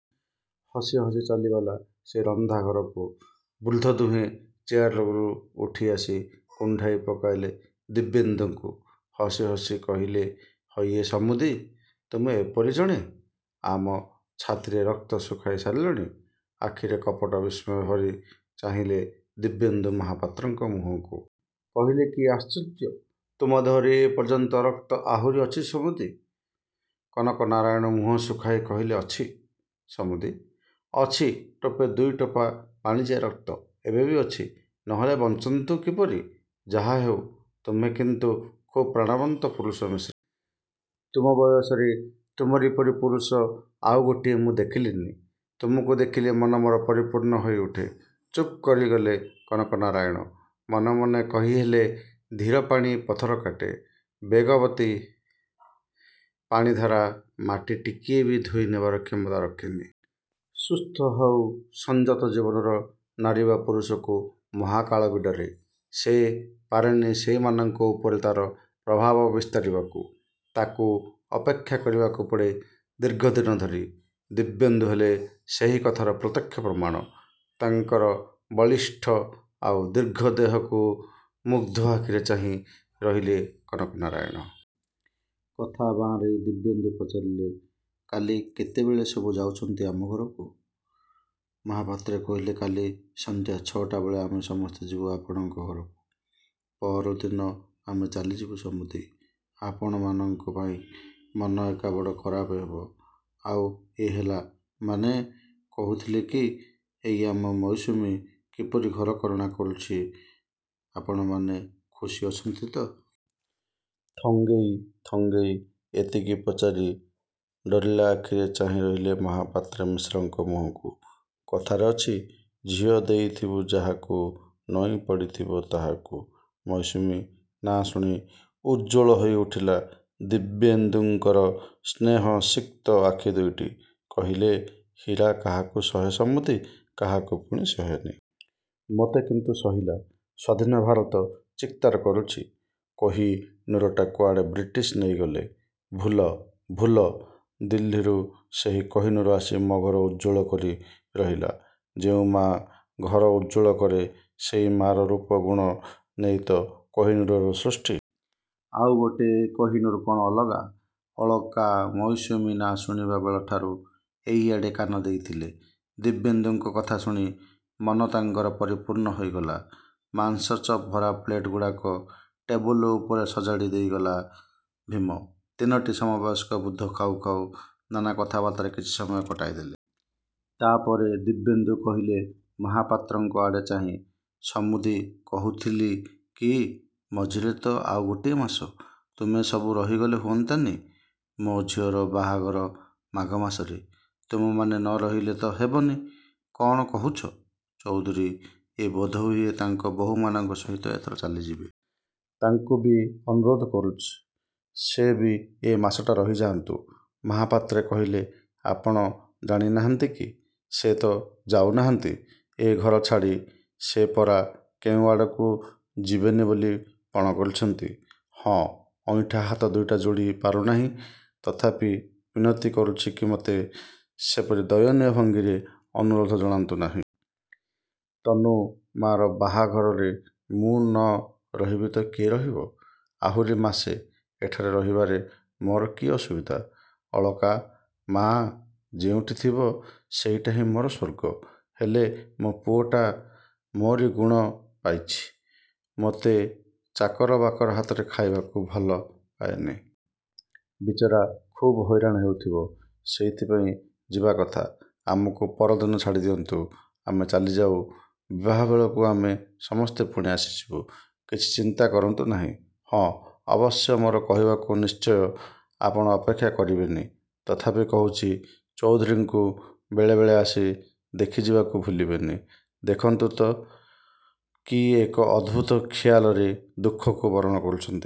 ହସି ହସି ଚାଲିଗଲା ସିଏ ରନ୍ଧା ଘରକୁ। ବୃଦ୍ଧ ଦୁହେଁ ଚେୟାରରୁ ଉଠି ଆସି କୁଣ୍ଢାଇ ପକାଇଲେ ଦିବ୍ୟେନ୍ଦୁଙ୍କୁ। ହସି ହସି କହିଲେ ହଇଏ ସମୁଦି, ତୁମେ ଏପରି ଜଣେ? ଆମ ଛାତିରେ ରକ୍ତ ଶୁଖାଇ ସାରିଲଣି। ଆଖିରେ କପଟ ବିସ୍ମୟ ଭରି ଚାହିଁଲେ ଦିବ୍ୟେନ୍ଦୁ ମହାପାତ୍ରଙ୍କ ମୁହଁକୁ। କହିଲେ କି ଆଶ୍ଚର୍ଯ୍ୟ, ତୁମ ଦେହରେ ଏପର୍ଯ୍ୟନ୍ତ ରକ୍ତ ଆହୁରି ଅଛି ସମୁଦି? କନକନାରାୟଣ ମୁହଁ ଶୁଖାଇ କହିଲେ ଅଛି ସମୁଦି, ଅଛି ଟୋପେ ଦୁଇଟୋପା ପାଣିଚିଆ ରକ୍ତ ଏବେ ବି ଅଛି। ନ ହେଲେ ବଞ୍ଚନ୍ତୁ କିପରି। ଯାହାହେଉ, ତୁମେ କିନ୍ତୁ ଖୁବ୍ ପ୍ରାଣବନ୍ତ ପୁରୁଷ ମିଶ୍। ତୁମ ବୟସରେ ତୁମରି ପରି ପୁରୁଷ ଆଉ ଗୋଟିଏ ମୁଁ ଦେଖିଲିନି। ତୁମକୁ ଦେଖିଲେ ମନ ମୋର ପରିପୂର୍ଣ୍ଣ ହୋଇ ଉଠେ। ଚୁପ୍ କରିଗଲେ କନକନାରାୟଣ। ମନେ ମନେ କହିହେଲେ 'ଧୀର ପାଣି ପଥର କାଟେ'। ବେଗବତୀ ପାଣିଧାରା ମାଟି ଟିକିଏ ବି ଧୋଇ ନେବାର କ୍ଷମତା ରଖେନି। ସୁସ୍ଥ ହାଉ ସଂଯତ ଜୀବନର ନାରୀ ବା ପୁରୁଷକୁ ମହାକାଳ ବି ଡରେ। ସେ ପାରେନି ସେଇମାନଙ୍କ ଉପରେ ତା'ର ପ୍ରଭାବ ବିସ୍ତାରିବାକୁ। ତାକୁ ଅପେକ୍ଷା କରିବାକୁ ପଡ଼େ ଦୀର୍ଘଦିନ ଧରି। ଦିବ୍ୟେନ୍ଦୁ ହେଲେ ସେହି କଥାର ପ୍ରତ୍ୟକ୍ଷ ପ୍ରମାଣ। ତାଙ୍କର ବଳିଷ୍ଠ ଆଉ ଦୀର୍ଘ ଦେହକୁ ମୁଗ୍ଧ ଆଖିରେ ଚାହିଁ ରହିଲେ କନକନାରାୟଣ। କଥା ବାଆଁରେଇ ଦିବ୍ୟେନ୍ଦୁ ପଚାରିଲେ କାଲି କେତେବେଳେ ସବୁ ଯାଉଛନ୍ତି ଆମ ଘରକୁ। ମହାପାତ୍ରେ କହିଲେ କାଲି ସନ୍ଧ୍ୟା ଛଅଟା ବେଳେ ଆମେ ସମସ୍ତେ ଯିବୁ ଆପଣଙ୍କ ଘରକୁ। ପରଦିନ ଆମେ ଚାଲିଯିବୁ ସମୁଦି। ଆପଣମାନଙ୍କ ପାଇଁ ମନ ଏକା ବଡ଼ ଖରାପ ହେବ। ଆଉ ଏ ହେଲା, ମାନେ କହୁଥିଲି କି ଏଇ ଆମ ମୌସୁମୀ, କିପରି ଘରକରଣା କରୁଛି, ଆପଣମାନେ ଖୁସି ଅଛନ୍ତି ତ? ଥଙ୍ଗେଇ, ଥଙ୍ଗେଇ ଏତିକି ପଚାରି ଡରିଲା ଆଖିରେ ଚାହିଁ ରହିଲେ ମହାପାତ୍ରେ ମିଶ୍ରଙ୍କ ମୁହଁକୁ। କଥାରେ ଅଛି "ଝିଅ ଦେଇଥିବୁ ଯାହାକୁ, ନଇଁ ପଡ଼ିଥିବ ତାହାକୁ।" ମୌସୁମୀ ନାଁ ଶୁଣି ଉଜ୍ଜ୍ୱଳ ହୋଇ ଉଠିଲା ଦିବ୍ୟେନ୍ଦୁଙ୍କର ସ୍ନେହସିକ୍ତ ଆଖି ଦୁଇଟି। କହିଲେ ହୀରା କାହାକୁ ସହେ ସମୁଦି କାହାକୁ ପୁଣି ସହେନି। ମତେ କିନ୍ତୁ ସହିଲା। ସ୍ୱାଧୀନ ଭାରତ ଚିତ୍ତାର କରୁଛି, କୋହିନୂରଟା କୁଆଡ଼େ ବ୍ରିଟିଶ ନେଇଗଲେ। ଭୁଲ, ଭୁଲ, ଦିଲ୍ଲୀରୁ ସେହି କୋହିନୂର ଆସି ମୋ ଘର ଉଜ୍ଜ୍ୱଳ କରି ରହିଲା। ଯେଉଁ ମାଆ ଘର ଉଜ୍ଜ୍ୱଳ କରେ ସେଇ ମାଆର ରୂପ ଗୁଣ ନେଇ ତ କୋହିନୂରର ସୃଷ୍ଟି। ଆଉ ଗୋଟେ କୋହିନୂର କ'ଣ ଅଲଗା? ଅଳକା ମୌସୁମୀ ନାଁ ଶୁଣିବା ବେଳଠାରୁ ଏହିଆଡ଼େ କାନ ଦେଇଥିଲେ। ଦିବ୍ୟେନ୍ଦୁଙ୍କ କଥା ଶୁଣି ମନ ତାଙ୍କର ପରିପୂର୍ଣ୍ଣ ହୋଇଗଲା। ମାଂସ ଚପ୍ ଭରା ପ୍ଲେଟ୍‌ଗୁଡ଼ାକ ଟେବୁଲ୍ ଉପରେ ସଜାଡ଼ି ଦେଇଗଲା ଭୀମ। ତିନୋଟି ସମବୟସ୍କ ବୃଦ୍ଧ ଖାଉ ଖାଉ ନାନା କଥାବାର୍ତ୍ତାରେ କିଛି ସମୟ କଟାଇ ଦେଲେ। ତା' ପରେ ଦିବ୍ୟେନ୍ଦୁ କହିଲେ ମହାପାତ୍ରଙ୍କ ଆଡ଼େ ଚାହିଁ ସମୁଦି କହୁଥିଲି କି ମଝିରେ ତ ଆଉ ଗୋଟିଏ ମାସ। ତୁମେ ସବୁ ରହିଗଲେ ହୁଅନ୍ତାନି? ମୋ ଝିଅର ବାହାଘର ମାଘ ମାସରେ। ତୁମେମାନେ ନ ରହିଲେ ତ ହେବନି। କ'ଣ କହୁଛ? ଚୌଧୁରୀ ଏ ବୋଧହୁଏ ତାଙ୍କ ବୋହୂମାନଙ୍କ ସହିତ ଏଥର ଚାଲିଯିବେ। ତାଙ୍କୁ ବି ଅନୁରୋଧ କରୁଛି। ସେ ବି ଏ ମାସଟା ରହିଯାଆନ୍ତୁ। ମହାପାତ୍ରେ କହିଲେ ଆପଣ ଜାଣିନାହାନ୍ତି କି? ସେ ତ ଯାଉନାହାନ୍ତି। ଏ ଘର ଛାଡ଼ି ସେ ପରା କେଉଁଆଡ଼କୁ ଯିବେନି ବୋଲି ପଣ କରିଛନ୍ତି। ହଁ, ଅଇଁଠା ହାତ ଦୁଇଟା ଯୋଡ଼ି ପାରୁ ନାହିଁ, ତଥାପି ମିନତି କରୁଛି କି ମତେ, ସେପରି ଦୟନୀୟ ଭଙ୍ଗୀରେ ଅନୁରୋଧ ଜଣାନ୍ତୁ ନାହିଁ। ତନୁ ମା'ର ବାହାଘରରେ ମୁଁ ନ ରହିବି ତ କିଏ ରହିବ? ଆହୁରି ମାସେ ଏଠାରେ ରହିବାରେ ମୋର କି ଅସୁବିଧା। ଅଳକା ମା' ଯେଉଁଠି ଥିବ ସେଇଟାହିଁ ମୋର ସ୍ୱର୍ଗ। ହେଲେ ମୋ ପୁଅଟା ମୋରି ଗୁଣ ପାଇଛି। ମୋତେ ଚାକର ବାକର ହାତରେ ଖାଇବାକୁ ଭଲ ପାଏନି। ବିଚାରା ଖୁବ୍ ହଇରାଣ ହେଉଥିବ। ସେଇଥିପାଇଁ ଯିବା କଥା। ଆମକୁ ପରଦିନ ଛାଡ଼ି ଦିଅନ୍ତୁ, ଆମେ ଚାଲିଯାଉ। ବିବାହ ବେଳକୁ ଆମେ ସମସ୍ତେ ପୁଣି ଆସିଯିବୁ। କିଛି ଚିନ୍ତା କରନ୍ତୁ ନାହିଁ। ହଁ, ଅବଶ୍ୟ ମୋର କହିବାକୁ ନିଶ୍ଚୟ ଆପଣ ଅପେକ୍ଷା କରିବେନି, ତଥାପି କହୁଛି ଚୌଧୁରୀଙ୍କୁ ବେଳେ ବେଳେ ଆସି ଦେଖିଯିବାକୁ ଭୁଲିବେନି। ଦେଖନ୍ତୁ ତ କି ଏକ ଅଦ୍ଭୁତ ଖିଆଲରେ ଦୁଃଖକୁ ବରଣ କରୁଛନ୍ତି।